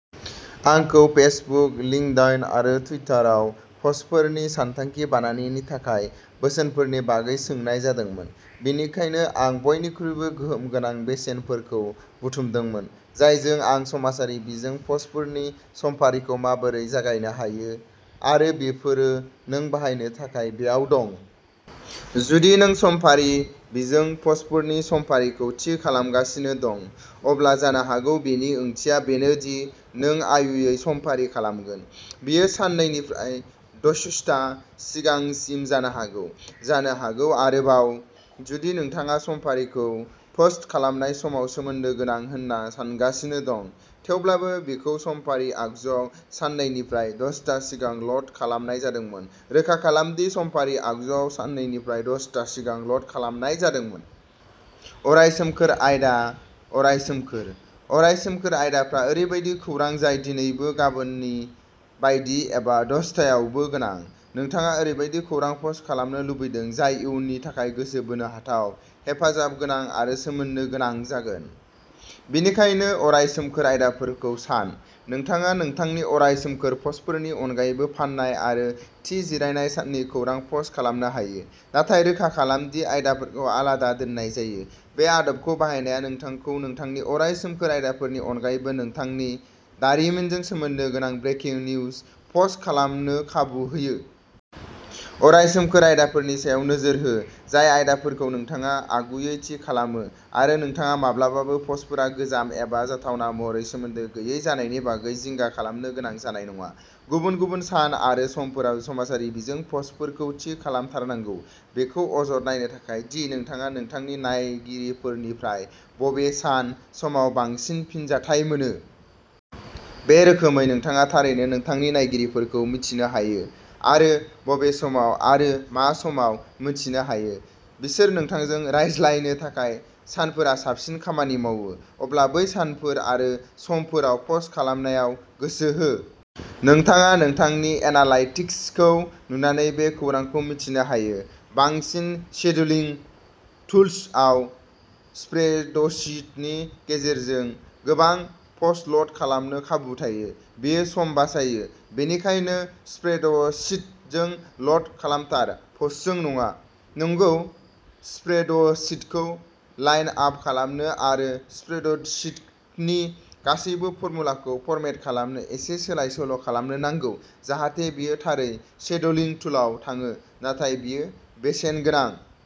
आंखौ Facebook, LinkedIn आरो टुइटाराव पस्टफोरनि सानथांखि बानायनायनि थाखाय बोसोनफोरनि बागै सोंनाय जादोंमोन, बेनिखायनो आं बयनिख्रुइबो गोहोम गोनां बोसोनफोरखौ बुथुमदोंमोन, जायजों आं समाजारि बिजों पस्टफोरनि समफारिखौ माबोरै जागायनो हायो, आरो बेफोरो नों बाहायनो थाखाय बेयाव दं। जुदि नों समाजारि बिजों पस्टफोरनि समफारिखौ थि खालामगासिनो दं, अब्ला जानो हागौ बेनि ओंथिया बेनो दि नों आगुयै समफारि खालामगोन। बेयो साननैनिफ्राय द'सप्ता सिगांसिम जानो हागौ, जानो हागौ आरोबाव। जुदि नोंथाङा समफारिखौ पोस्ट खालामनाय समाव सोमोन्दो गोनां होनना सान्गासिनो दं, थेवब्लाबो बेखौ समफारि आगजुआव साननैनिफ्राय द'सप्ता सिगां ल'ड खालामनाय जादोंमोन, रोखा खालाम दि समफारि आगजुआव साननैनिफ्राय द'सप्ता सिगां ल'ड खालामनाय जादोंमोन। अराय सोमखोर आयदा अराय सोमखोर। अराय सोमखोर आयदाफोरा ओरैबायदि खौरां जाय दिनैबो गाबोननि बायदि एबा द'सप्तायावबो गोनां। नोंथाङा ओरैबायदि खौरां पस्ट खालामनो लुबैदों जाय इयुननि थाखाय गोसो बोनो हाथाव, हेफाजाब गोनां आरो सोमोन्दो गोनां जागोन। बेनिखायनो, अराय सोमखोर आयदाफोरखौ सान। नोंथाङा नोंथांनि अराय सोमखोर पस्टफोरनि अनगायैबो फान्नाय आरो थि जिरायनाय साननि खौरां पस्ट खालामनो हायो, नाथाय रोखा खालाम दि आयदाफोरखौ आलादा दोननाय जायो। बे आदबखौ बाहायनाया नोंथांखौ नोंथांनि अराय सोमखोर आयदाफोरनि अनगायैबो नोंथांनि दारिमिनजों सोमोन्दो गोनां ब्रेकिं निउज पस्ट खालामनो खाबु होयो। अराय सोमखोर आयदाफोरनि सायाव नोजोर हो, जाय आयदाफोरखौ नोंथाङा आगुयै थि खालामो, आरो नोंथाङा माब्लाबाबो पस्टफोरा गोजाम एबा जाथावना महरै सोमोन्दो गैयै जानायनि बागै जिंगा खालामनो गोनां जानाय नङा। गुबुन-गुबुन सान आरो समफोराव समाजारि बिजों पस्टफोरखौ थि खालामथारनांगौ, बेखौ आनजाद नायनो थाखाय दि नोंथाङा नोंथांनि नायगिरिफोरनिफ्राय बबे सान/समाव बांसिन फिनजाथाय मोनो। बे रोखोमै, नोंथाङा थारैनो नोंथांनि नायगिरिफोरखौ मिन्थिनो हायो आरो बबे समाव आरो मा समाव मिथिनो हायो। बिसोर नोंथांजों रायज्लायनो थाखाय सानफोरा साबसिन खामानि मावो। अब्ला बै सानफोर आरो समफोराव पस्ट खालामनायाव गोसो हो। नोंथाङा नोंथांनि एनालाइटिक्सखौ नुनानै बे खौरांखौ मिथिनो हायो। बांसिन सेडुउलिं टुल्स आव स्प्रेडशीटनि गेजेरजों गोबां पस्ट ल'ड खालामनो खाबु थायो। बेयो सम बासायो, बेनिखायनो स्प्रेडशीटजों ल'ड खालामथार, पस्टजों नङा। नंगौ, स्प्रेडशीटखौ लाइन आप खालामनो आरो स्प्रेडशीटनि गासैबो फर्मुलाखौ फरमेट खालामनो एसे सोलाय-सोल'खालामनो नांगौ, जाहाथे बेयो थारै सेडुउलिं टुलआव थाङो, नाथाय बेयो बेसेनगोनां।